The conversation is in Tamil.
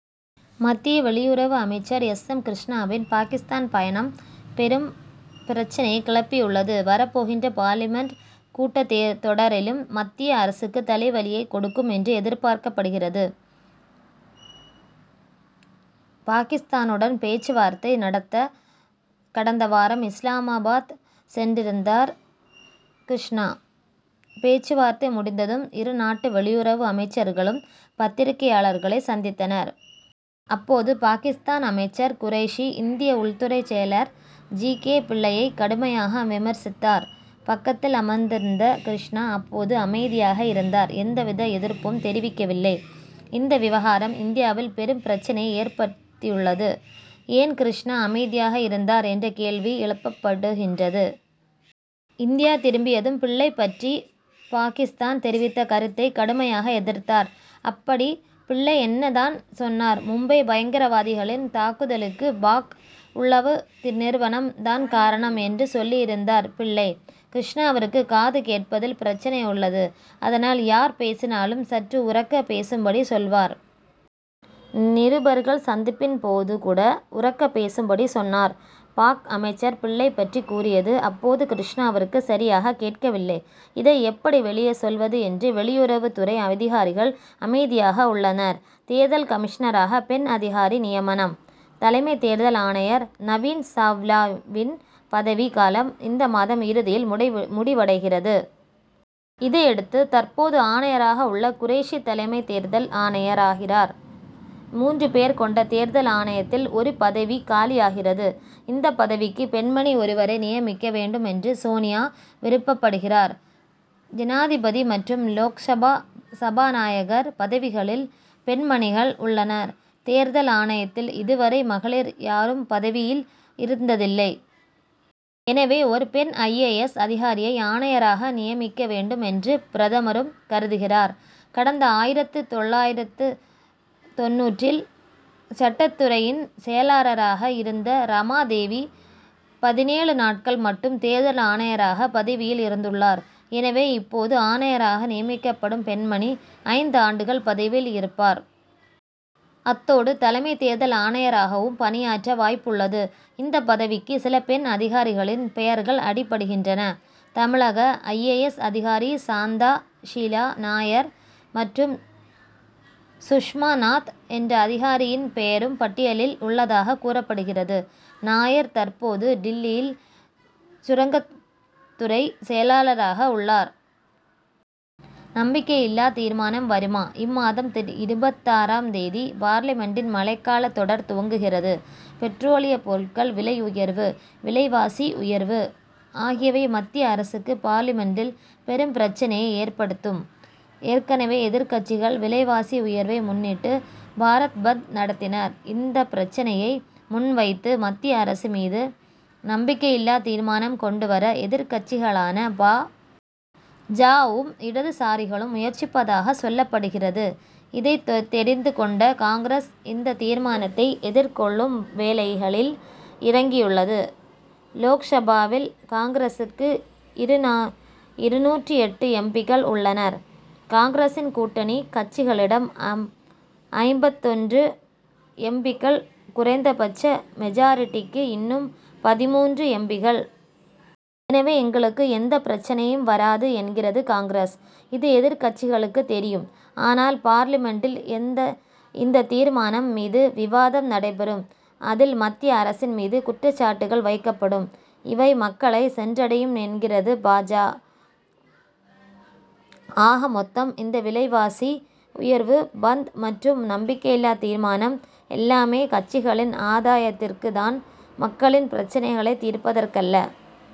மத்திய வெளியுறவு அமைச்சர் எஸ். எம். கிருஷ்ணாவின் பாகிஸ்தான் பயணம் பெரும் பிரச்னையைக் கிளப்பியுள்ளது. வரப்போகின்ற பார்லிமென்ட் கூட்டத் தொடரிலும், மத்திய அரசுக்கு தலைவலியைக் கொடுக்கும் என்று எதிர்பார்க்கப்படுகிறது. பாகிஸ்தானுடன் பேச்சுவார்த்தை நடத்த கடந்த வாரம் இஸ்லாமாபாத் சென்றிருந்தார் கிருஷ்ணா. பேச்சுவார்த்தை முடிந்ததும், இருநாட்டு வெளியுறவு அமைச்சர்களும் பத்திரிகையாளர்களைச் சந்தித்தனர். அப்போது பாகிஸ்தான் அமைச்சர் குரேஷி, இந்திய உள்துறை செயலர் ஜி. கே. பிள்ளையை கடுமையாக விமர்சித்தார். பக்கத்தில் அமர்ந்திருந்த கிருஷ்ணா அப்போது அமைதியாக இருந்தார்; எந்தவித எதிர்ப்பும் தெரிவிக்கவில்லை. இந்த விவகாரம் இந்தியாவில் பெரும் பிரச்னையை ஏற்படுத்தியுள்ளது. ஏன் கிருஷ்ணா அமைதியாக இருந்தார் என்ற கேள்வி எழுப்பப்படுகின்றது. இந்தியா திரும்பியதும், பிள்ளை பற்றி பாகிஸ்தான் தெரிவித்த கருத்தை கடுமையாக எதிர்த்தார். அப்படி பிள்ளை என்ன தான் சொன்னார்? மும்பை பயங்கரவாதிகளின் தாக்குதலுக்கு பாக்., உளவு நிறுவனம் தான் காரணம்' என்று சொல்லியிருந்தார் பிள்ளை. கிருஷ்ணாவிற்கு காது கேட்பதில் பிரச்னை உள்ளது. அதனால், யார் பேசினாலும் சற்று உரக்க பேசும்படி சொல்வார். நிருபர்கள் சந்திப்பின் போது கூட உரக்க பேசும்படி சொன்னார். பாக்., அமைச்சர், பிள்ளை பற்றி கூறியது, அப்போது கிருஷ்ணாவிற்கு சரியாக கேட்கவில்லை. இதை எப்படி வெளியே சொல்வது என்று, வெளியுறவுத்துறை அதிகாரிகள் அமைதியாக உள்ளனர். தேர்தல் கமிஷனராக பெண் அதிகாரி நியமனம்? தலைமை தேர்தல் ஆணையர் நவீன் சாவ்லாவின் பதவிக் காலம், இந்த மாத இறுதியில் முடிவடைகிறது. இதையடுத்து, தற்போது ஆணையராக உள்ள குரேஷி தலைமை தேர்தல் ஆணையராகிறார். மூன்று பேர் கொண்ட தேர்தல் ஆணையத்தில் ஒரு பதவி காலியாகிறது. இந்த பதவிக்கு பெண்மணி ஒருவரை நியமிக்க வேண்டும் என்று சோனியா விருப்பப்படுகிறார். ஜனாதிபதி மற்றும் லோக்சபா சபாநாயகர் பதவிகளில் பெண்மணிகள் உள்ளனர். தேர்தல் ஆணையத்தில் இதுவரை மகளிர் யாரும் பதவியில் இருந்ததில்லை. எனவே, ஒரு பெண் ஐ. ஏ. எஸ்., அதிகாரியை ஆணையராக நியமிக்க வேண்டும் என்று பிரதமரும் கருதுகிறார். கடந்த ஆயிரத்து தொள்ளாயிரத்து தொண்ணூறில் சட்டத்துறையின் செயலாளராக இருந்த ரமா தேவி, பதினேழு நாட்கள் மட்டும் தேர்தல் ஆணையராக பதவியில் இருந்துள்ளார். எனவே, இப்போது ஆணையராக நியமிக்கப்படும் பெண்மணி, ஐந்து ஆண்டுகள் பதவியில் இருப்பார். அத்தோடு தலைமை தேர்தல் ஆணையராகவும் பணியாற்ற வாய்ப்புள்ளது. இந்த பதவிக்கு சில பெண் அதிகாரிகளின் பெயர்கள் அடிபடுகின்றன. தமிழக ஐ. ஏ. எஸ்., அதிகாரி சாந்தா ஷீலா நாயர் மற்றும் சுஷ்மா நாத் என்ற அதிகாரியின் பெயரும் பட்டியலில் உள்ளதாகக் கூறப்படுகிறது. நாயர் தற்போது டில்லியில் சுரங்கத்துறை செயலராக உள்ளார். நம்பிக்கையில்லா தீர்மானம் வருமா? இம்மாதம் இருபத்தாறாம் தேதி பார்லிமென்டின் மழைக்காலத் தொடர் துவங்குகிறது. பெட்ரோலியப் பொருட்கள் விலை உயர்வு, விலைவாசி உயர்வு ஆகியவை மத்திய அரசுக்கு பார்லிமென்ட்டில் பெரும் பிரச்னையை ஏற்படுத்தும். ஏற்கனவே எதிர்க்கட்சிகள் விலைவாசி உயர்வை முன்னிட்டு, பாரத் பந்த் நடத்தினர். இந்த பிரச்னையை முன் வைத்து மத்திய அரசு மீது நம்பிக்கையில்லா தீர்மானம் கொண்டு வர எதிர்க்கட்சிகளான பா. ஜ.,வும், இடதுசாரிகளும் முயற்சிப்பதாகச் சொல்லப்படுகிறது. இதை தெரிந்து கொண்ட காங்கிரஸ் இந்த தீர்மானத்தை எதிர்க்கொள்ளும் வேலைகளில் இறங்கியுள்ளது. லோக்சபாவில் காங்கிரசுக்கு இருநூற்று எட்டு எம். பி.,க்கள் உள்ளனர். காங்கிரசின் கூட்டணி கட்சிகளிடம் ஐம்பத்தொன்று எம். பி.,க்கள். குறைந்த பட்ச மெஜாரிட்டிக்கு இன்னும் பதிமூன்று எம். பி.,கள் எனவே, எங்களுக்கு எந்த பிரச்னையும் வராது என்கிறது காங்கிரஸ். இது எதிர்க்கட்சிகளுக்கு தெரியும். ஆனால், பார்லிமென்டில் இந்த தீர்மானம் மீது விவாதம் நடைபெறும். அதில், மத்திய அரசின் மீது குற்றச்சாட்டுகள் வைக்கப்படும். இவை மக்களை சென்றடையும் என்கிறது பா. ஜ., ஆக மொத்தம் இந்த விலைவாசி உயர்வு பந்த் மற்றும் நம்பிக்கையில்லா தீர்மானம் எல்லாமே, கட்சிகளின் ஆதாயத்திற்குத் தான், மக்களின் பிரச்னைகளை தீர்ப்பதற்கல்ல.